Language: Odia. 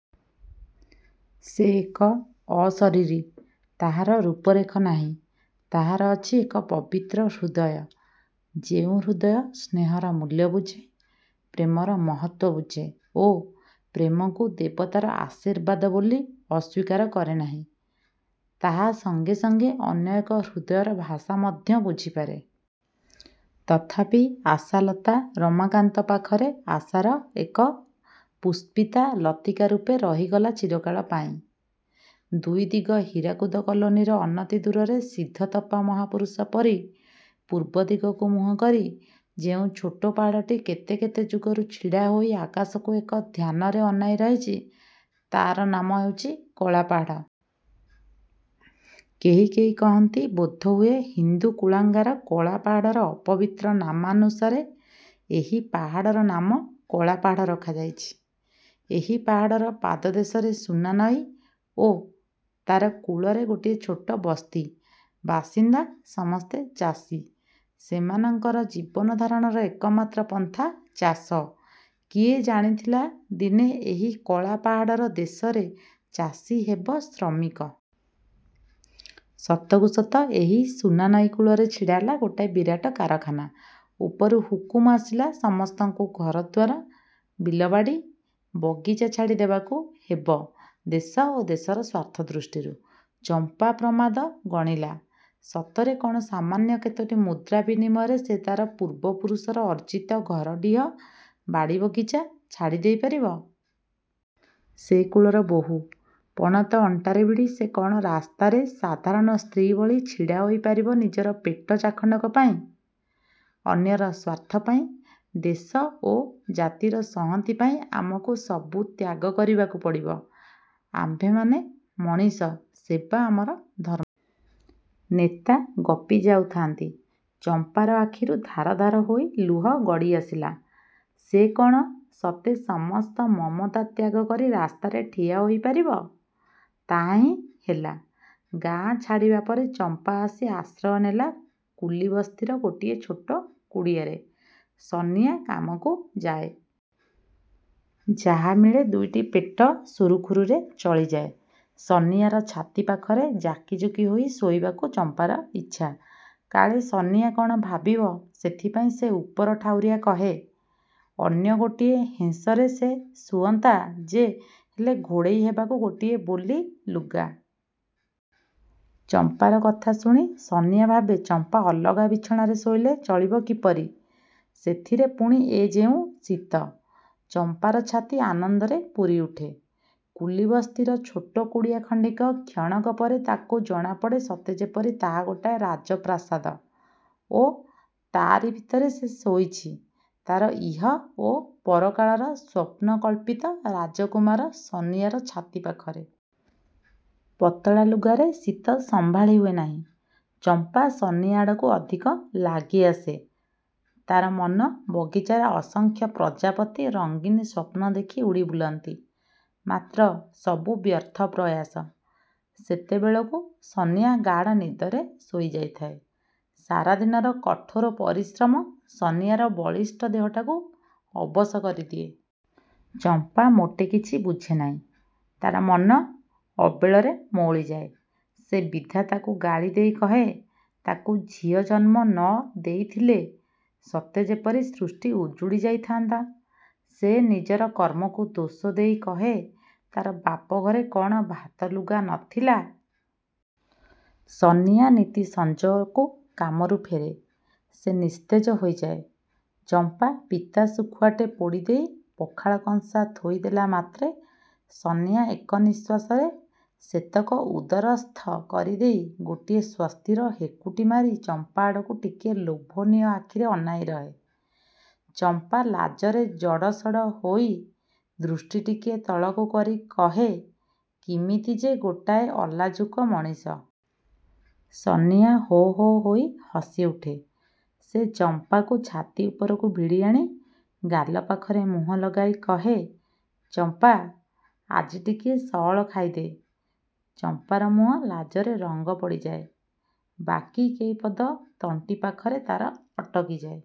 ସେ ଏକ ଅଶରୀରୀ। ତାହାର ରୂପରେଖ ନାହିଁ। ତାହାର ଅଛି ଏକ ପବିତ୍ର ହୃଦୟ, ଯେଉଁ ହୃଦୟ ସ୍ନେହର ମୂଲ୍ୟ ବୁଝେ, ପ୍ରେମର ମହତ୍ତ୍ଵ ବୁଝେ ଓ ପ୍ରେମକୁ ଦେବତାର ଆଶୀର୍ବାଦ ବୋଲି ଅସ୍ୱୀକାର କରେନାହିଁ। ତାହା ସଙ୍ଗେ ସଙ୍ଗେ ଅନ୍ୟଏକ ହୃଦୟର ଭାଷା ମଧ୍ୟ ବୁଝିପାରେ। ତଥାପି ଆଶାଲତା ରମାକାନ୍ତ ପାଖରେ ଆଶାର ଏକ। ପୁଷ୍ପିତା ଲତିକାରୂପେ ରହିଗଲା ଚିରକାଳ ପାଇଁ। ଦୁଇ ଦିଗ ହୀରାକୁଦ କଲୋନିର ଅନତିଦୂରରେ ସିଦ୍ଧତପା ମହାପୁରୁଷ ପରି ପୂର୍ବଦିଗକୁ ମୁହଁକରି ଯେଉଁ ଛୋଟ ପାହାଡ଼ଟି କେତେକେତେ ଯୁଗରୁ ଛିଡ଼ାହୋଇ ଆକାଶକୁ ଏକ ଧ୍ୟାନରେ ଅନାଇ ରହିଛି ତା'ର ନାମ ହେଉଛି 'କଳାପାହାଡ଼'। କେହି କେହି କହନ୍ତି ବୋଧହୁଏ ହିନ୍ଦୁ କୁଳାଙ୍ଗାର କଳାପାହାଡ଼ର ଅପବିତ୍ର ନାମାନୁସାରେ ଏହି ପାହାଡ଼ର ନାମ କଳାପାହାଡ଼ ରଖାଯାଇଛି। ଏହି ପାହାଡ଼ର ପାଦଦେଶରେ ସୁନାନଈ ଓ ତା'ର କୂଳରେ ଗୋଟିଏ ଛୋଟ ବସ୍ତି। ବାସିନ୍ଦା ସମସ୍ତେ ଚାଷୀ। ସେମାନଙ୍କର ଜୀବନଧାରଣର ଏକମାତ୍ର ପନ୍ଥା ଚାଷ। କିଏ ଜାଣିଥିଲା ଦିନେ ଏହି କଳାପାହାଡ଼ର ଦେଶରେ ଚାଷୀ ହେବ ଶ୍ରମିକ? ସତକୁ ସତ ଏହି ସୁନାନଈ କୂଳରେ ଛିଡ଼ାହେଲା ଗୋଟାଏ ବିରାଟ କାରଖାନା। ଉପରୁ ହୁକୁମ ଆସିଲା ସମସ୍ତଙ୍କୁ ଘରଦ୍ୱାର, ବିଲବାଡ଼ି, ବଗିଚା ଛାଡ଼ି ଦେବାକୁ ହେବ ଦେଶ ଓ ଦେଶର ସ୍ୱାର୍ଥ ଦୃଷ୍ଟିରୁ। ଚମ୍ପା ପ୍ରମାଦ ଗଣିଲା। ସତରେ କ'ଣ ସାମାନ୍ୟ କେତୋଟି ମୁଦ୍ରା ବିନିମୟରେ ସେ ତା'ର ପୂର୍ବପୁରୁଷର ଅର୍ଜିତ ଘରଡିହ, ବାଡ଼ିବଗିଚା ଛାଡ଼ିଦେଇ ପାରିବ? ସେ କୁଳର ବୋହୂ। ପଣତ ଅଣ୍ଟାରେ ଭିଡ଼ି ସେ କ'ଣ ରାସ୍ତାରେ ସାଧାରଣ ସ୍ତ୍ରୀ ଭଳି ଛିଡ଼ାହୋଇପାରିବ ନିଜର ପେଟ ଚାଖଣ୍ଡକ ପାଇଁ? ''ଅନ୍ୟର ସ୍ୱାର୍ଥ ପାଇଁ, ଦେଶ ଓ ଜାତିର ସଂହତି ପାଇଁ ଆମକୁ ସବୁ ତ୍ୟାଗ କରିବାକୁ ପଡ଼ିବ। ଆମ୍ଭେମାନେ ମଣିଷ। ସେବା ଆମର ଧର୍ମ। '' ନେତା ଗପିଯାଉଥାନ୍ତି। ଚମ୍ପାର ଆଖିରୁ ଧାର ଧାର ହୋଇ ଲୁହ ଗଡ଼ିଆସିଲା। ସେ କ'ଣ ସତେ ସମସ୍ତ ମମତା ତ୍ୟାଗକରି ରାସ୍ତାରେ ଠିଆ ହୋଇପାରିବ? ତାହାହିଁ ହେଲା। ଗାଁ ଛାଡ଼ିବାପରେ ଚମ୍ପା ଆସି ଆଶ୍ରୟ ନେଲା କୁଲିବସ୍ତିର ଗୋଟିଏ ଛୋଟ କୁଡ଼ିଆରେ। ସନିଆ କାମକୁ ଯାଏ। ଯାହା ମିଳେ ଦୁଇଟି ପେଟ ସୁରୁଖୁରୁରେ ଚଳିଯାଏ। ସନିଆର ଛାତି ପାଖରେ ଯାକିଯୁକି ହୋଇ ଶୋଇବାକୁ ଚମ୍ପାର ଇଚ୍ଛା। କାଳେ ସନିଆ କ'ଣ ଭାବିବ ସେଥିପାଇଁ ସେ ଉପରଠାଉରିଆ କହେ, ''ଅନ୍ୟ ଗୋଟିଏ ହେଁସରେ ସେ ଶୁଅନ୍ତା ଯେ ହେଲେ ଘୋଡ଼େଇ ହେବାକୁ ଗୋଟିଏ ବୋଲି ଲୁଗା। '' ଚମ୍ପାର କଥା ଶୁଣି ସନିଆ ଭାବେ ଚମ୍ପା ଅଲଗା ବିଛଣାରେ ଶୋଇଲେ ଚଳିବ କିପରି-? ସେଥିରେ ପୁଣି ଏ ଯେଉଁ ଶୀତ। ଚମ୍ପାର ଛାତି ଆନନ୍ଦରେ ପୂରିଉଠେ। କୁଲିବସ୍ତିର ଛୋଟ କୁଡ଼ିଆଖଣ୍ଡିକ କ୍ଷଣକପରେ ତାକୁ ଜଣାପଡ଼େ ସତେଯେପରି ତାହା ଗୋଟାଏ ରାଜପ୍ରାସାଦ ଓ ତାରି ଭିତରେ ସେ ଶୋଇଛି ତା'ର ଇହ ଓ ପରକାଳର ସ୍ୱପ୍ନକଳ୍ପିତ ରାଜକୁମାର ସନିଆର ଛାତି ପାଖରେ। ପତଳା ଲୁଗାରେ ଶୀତ ସମ୍ଭାଳି ହୁଏ ନାହିଁ। ଚମ୍ପା ସନିଆ ଆଡ଼କୁ ଅଧିକ ଲାଗିଆସେ। ତା'ର ମନ ବଗିଚାରେ ଅସଂଖ୍ୟ ପ୍ରଜାପତି ରଙ୍ଗିନ୍ ସ୍ୱପ୍ନଦେଖି ଉଡ଼ିବୁଲନ୍ତି। ମାତ୍ର ସବୁ ବ୍ୟର୍ଥ ପ୍ରୟାସ। ସେତେବେଳକୁ ସନିଆ ଗାଢ଼ନିଦରେ ଶୋଇଯାଇଥାଏ। ସାରାଦିନର କଠୋର ପରିଶ୍ରମ ସନିଆର ବଳିଷ୍ଠ ଦେହଟାକୁ ଅବଶ କରିଦିଏ। ଚମ୍ପା ମୋଟେ କିଛି ବୁଝେ ନାହିଁ। ତା'ର ମନ ଅବେଳରେ ମଉଳିଯାଏ। ସେ ବିଧାତାକୁ ଗାଳିଦେଇ କହେ ତାକୁ ଝିଅ ଜନ୍ମ ନ ଦେଇଥିଲେ ସତେଯେପରି ସୃଷ୍ଟି ଉଜୁଡ଼ି ଯାଇଥାନ୍ତା। ସେ ନିଜର କର୍ମକୁ ଦୋଷ ନ ଦେଇ କହେ ତା'ର ବାପଘରେ କ'ଣ ଭାତଲୁଗା ନ ଥିଲା? ସନିଆ ନିତି ସଞ୍ଜକୁ କାମରୁ ଫେରେ। ସେ ନିସ୍ତେଜ ହୋଇଯାଏ। ଚମ୍ପା ପିତାଶୁଖୁଆଟେ ପୋଡ଼ିଦେଇ ପଖାଳ କଂସା ଥୋଇଦେଲା ମାତ୍ରେ ସନିଆ ଏକ ନିଶ୍ୱାସରେ ସେତକ ଉଦରସ୍ଥ କରିଦେଇ ଗୋଟିଏ ସ୍ୱସ୍ତିର ହେକୁଟି ମାରି ଚମ୍ପା ଆଡ଼କୁ ଟିକିଏ ଲୋଭନୀୟ ଆଖିରେ ଅନାଇ ରହେ। ଚମ୍ପା ଲାଜରେ ଜଡ଼ ସଡ଼ ହୋଇ ଦୃଷ୍ଟି ଟିକିଏ ତଳକୁ କରି କହେ ''କିମିତି ଯେ ଗୋଟାଏ ଅଲାଜୁକ ମଣିଷ। '' ସନିଆ ହୋହୋ ହୋଇ ହସିଉଠେ। ସେ ଚମ୍ପାକୁ ଛାତି ଉପରକୁ ଭିଡ଼ିଆଣି ଗାଲପାଖରେ ମୁହଁ ଲଗାଇ କହେ ''ଚମ୍ପା ଆଜି ଟିକିଏ ସଅଳ ଖାଇଦେ। '' ଚମ୍ପାର ମୁହଁ ଲାଜରେ ରଙ୍ଗ ପଡ଼ି ଯାଏ। '' ବାକି କେଇପଦ ତଣ୍ଟିପାଖରେ ତା'ର ଅଟକି ଯାଏ।